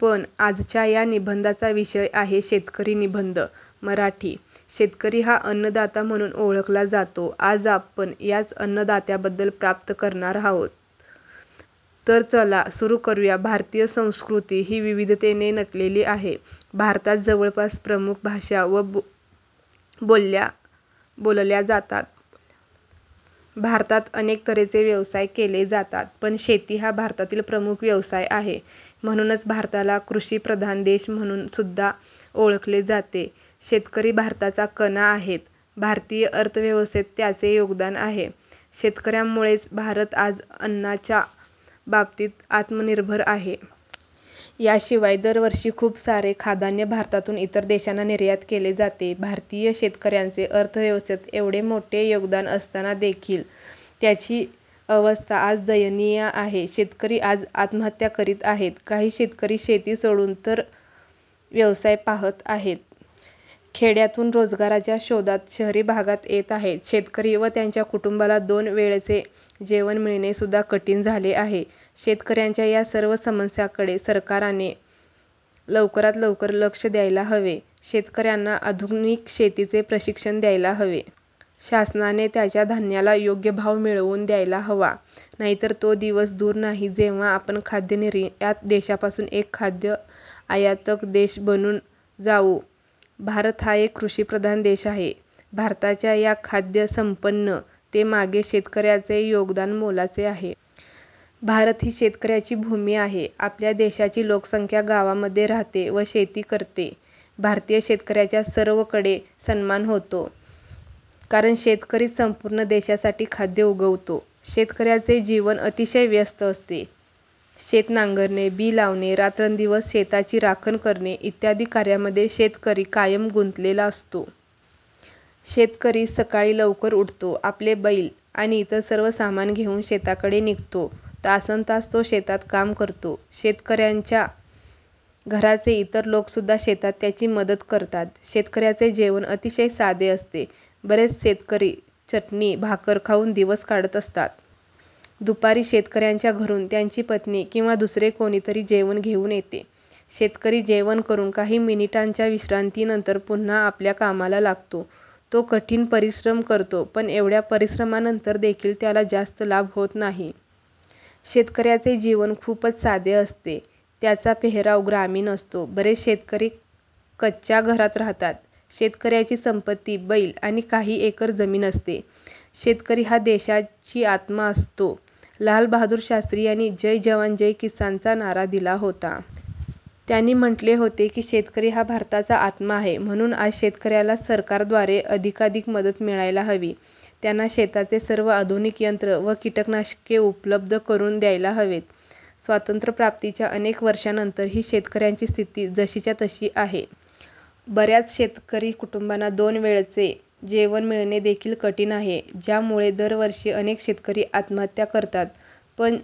पण आजच्या या निबंधाचा विषय आहे शेतकरी निबंध मराठी. शेतकरी हा अन्नदाता म्हणून ओळखला जातो. आज आपण याच अन्नदात्याबद्दल प्राप्त करणार आहोत तर चला सुरू करुया. भारतीय संस्कृती ही विविधतेने नटलेली आहे. भारतात जवळपास प्रमुख भाषा व बोल्या बोलल्या जातात. भारतात अनेक तऱ्हेचे व्यवसाय केले जातात. पण शेती हा भारतातील प्रमुख व्यवसाय आहे. म्हणूनच भारताला 'कृषी प्रधान देश' म्हणून सुद्धा ओळखले जाते. शेतकरी भारताचा कणा आहेत. भारतीय अर्थव्यवस्थेत त्याचे योगदान आहे. शेतकऱ्यांमुळेच भारत आज अन्नाच्या बाबतीत आत्मनिर्भर आहे. या शिवाय दर वर्षी खूप सारे खाद्यान्न भारतातून इतर देशांना निर्यात केले जाते. भारतीय शेतकऱ्याचे अर्थव्यवस्थेत येवढे मोठे योगदान असताना देखील त्याची अवस्था आज दयनीय आहे. शेतकरी आज आत्महत्या करीत आहेत. काही शेतकरी शेती सोडून इतर व्यवसाय पाहत आहेत. खेड्यातून रोजगाराच्या शोधात शहरी भागात येत आहेत. शेतकरी व त्यांच्या कुटुंबाला दोन वेळेचे जेवण मिळणे सुद्धा कठीण झाले आहे. शेतकऱ्यांच्या या सर्व समस्यांकडे सरकारने लवकरात लवकर लक्ष द्यायला हवे. शेतकऱ्यांना आधुनिक शेतीचे प्रशिक्षण द्यायला हवे. शासनाने त्यांच्या धान्याला योग्य भाव मिळवून द्यायला हवा. नाहीतर तो दिवस दूर नाही जेव्हा आपण खाद्य निर्यात देशापासून एक खाद्य आयातक देश बनून जाऊ. भारत हा एक कृषी प्रधान देश आहे. भारताच्या या खाद्य संपन्नते मागे शेतकऱ्याचे योगदान मोलाचे आहे. भारत ही शेतकऱ्याची भूमी आहे. आपल्या देशाची लोकसंख्या गावामध्ये राहते व शेती करते. भारतीय शेतकऱ्याचा सर्वकडे सन्मान होतो. कारण शेतकरीच संपूर्ण देशासाठी खाद्य उगवतो. शेतकऱ्याचे जीवन अतिशय व्यस्त असते. शेत नांगरणे, बी लावणे, रात्रंदिवस शेताची राखण करणे इत्यादी कार्यामध्ये शेतकरी कायम गुंतलेला असतो. शेतकरी सकाळी लवकर उठतो आपले बैल आणि इतर सर्व सामान घेऊन शेताकडे निघतो. तासनतास तो शेतात काम करतो. शेतकऱ्यांच्या घराचे इतर लोक सुद्धा शेतात त्याची मदत करतात. शेतकऱ्याचे जेवण अतिशय साधे असते. बरेच शेतकरी चटणी भाकर खाऊन दिवस काढत असतात. दुपारी शेतकऱ्यांच्या घरून त्याची पत्नी किंवा दुसरे कोणीतरी जेवण घेऊन येते. शेतकरी जेवण करून काही मिनिटांच्या विश्रांती नंतर पुन्हा आपल्या कामाला लागतो. तो कठीण परिश्रम करतो. पण एवढ्या परिश्रमानंतर देखील त्याला जास्त लाभ होत नाही. शेतकऱ्याचे जीवन खूपच साधे असते. त्याचा पेहराव ग्रामीण असतो. बरेच शेतकरी कच्या घरात राहतात. शेतकऱ्याची संपत्ती बैल आणि काही एकर जमीन असते. शेतकरी हा देशाची आत्मा असतो. लाल बहादूर शास्त्री यांनी 'जय जवान जय किसान' चा नारा दिला होता. त्यांनी म्हटले होते की शेतकरी हा भारताचा आत्मा आहे. म्हणून आज शेतकऱ्याला सरकार द्वारे अधिकाधिक मदत मिळायला हवी. त्यांना शेताचे सर्व आधुनिक यंत्र व कीटनाशके उपलब्ध करून द्यायला हवेत. स्वातंत्र्यप्राप्तीच्या अनेक वर्षांनंतर ही शेतकऱ्यांची स्थिती जशीच्या तशी आहे. बऱ्याच शेतकरी कुटुंबांना दोन वेळचे जेवण मिळणे देखील कठीण आहे. ज्यामुळे दरवर्षी अनेक शेतकरी आत्महत्या करतात. पण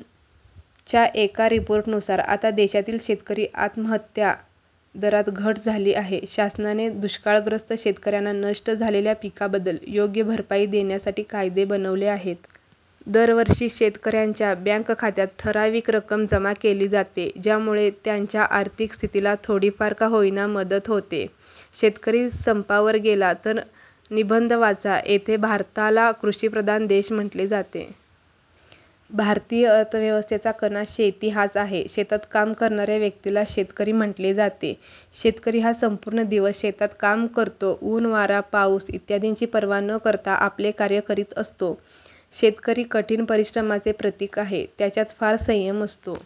च्या एका रिपोर्टनुसार आता देशातील शेतकरी आत्महत्या दरात घट झाली आहे. शासनाने दुष्काळग्रस्त शेतकऱ्यांना नष्ट झालेल्या पिकाबद्दल योग्य भरपाई देण्यासाठी कायदे बनवले आहेत. दरवर्षी शेतकऱ्यांच्या बँक खात्यात ठराविक रक्कम जमा केली जाते. ज्यामुळे त्यांच्या आर्थिक स्थितीला थोडी फार का होईना पण मदत होते. शेतकरी संपावर गेला तर निबंध वाचा येथे भारताला कृषी प्रधान देश म्हटले जाते. भारतीय अर्थव्यवस्थेचा कणा शेती हाच आहे. शेतात काम करणाऱ्या व्यक्तीला शेतकरी म्हटले जाते. शेतकरी हा संपूर्ण दिवस शेतात काम करतो. ऊन, वारा, पाऊस इत्यादींची पर्वा न करता आपले कार्य करीत असतो. शेतकरी कठीण परिश्रमाचे प्रतीक आहे. त्याच्यात फार संयम असतो.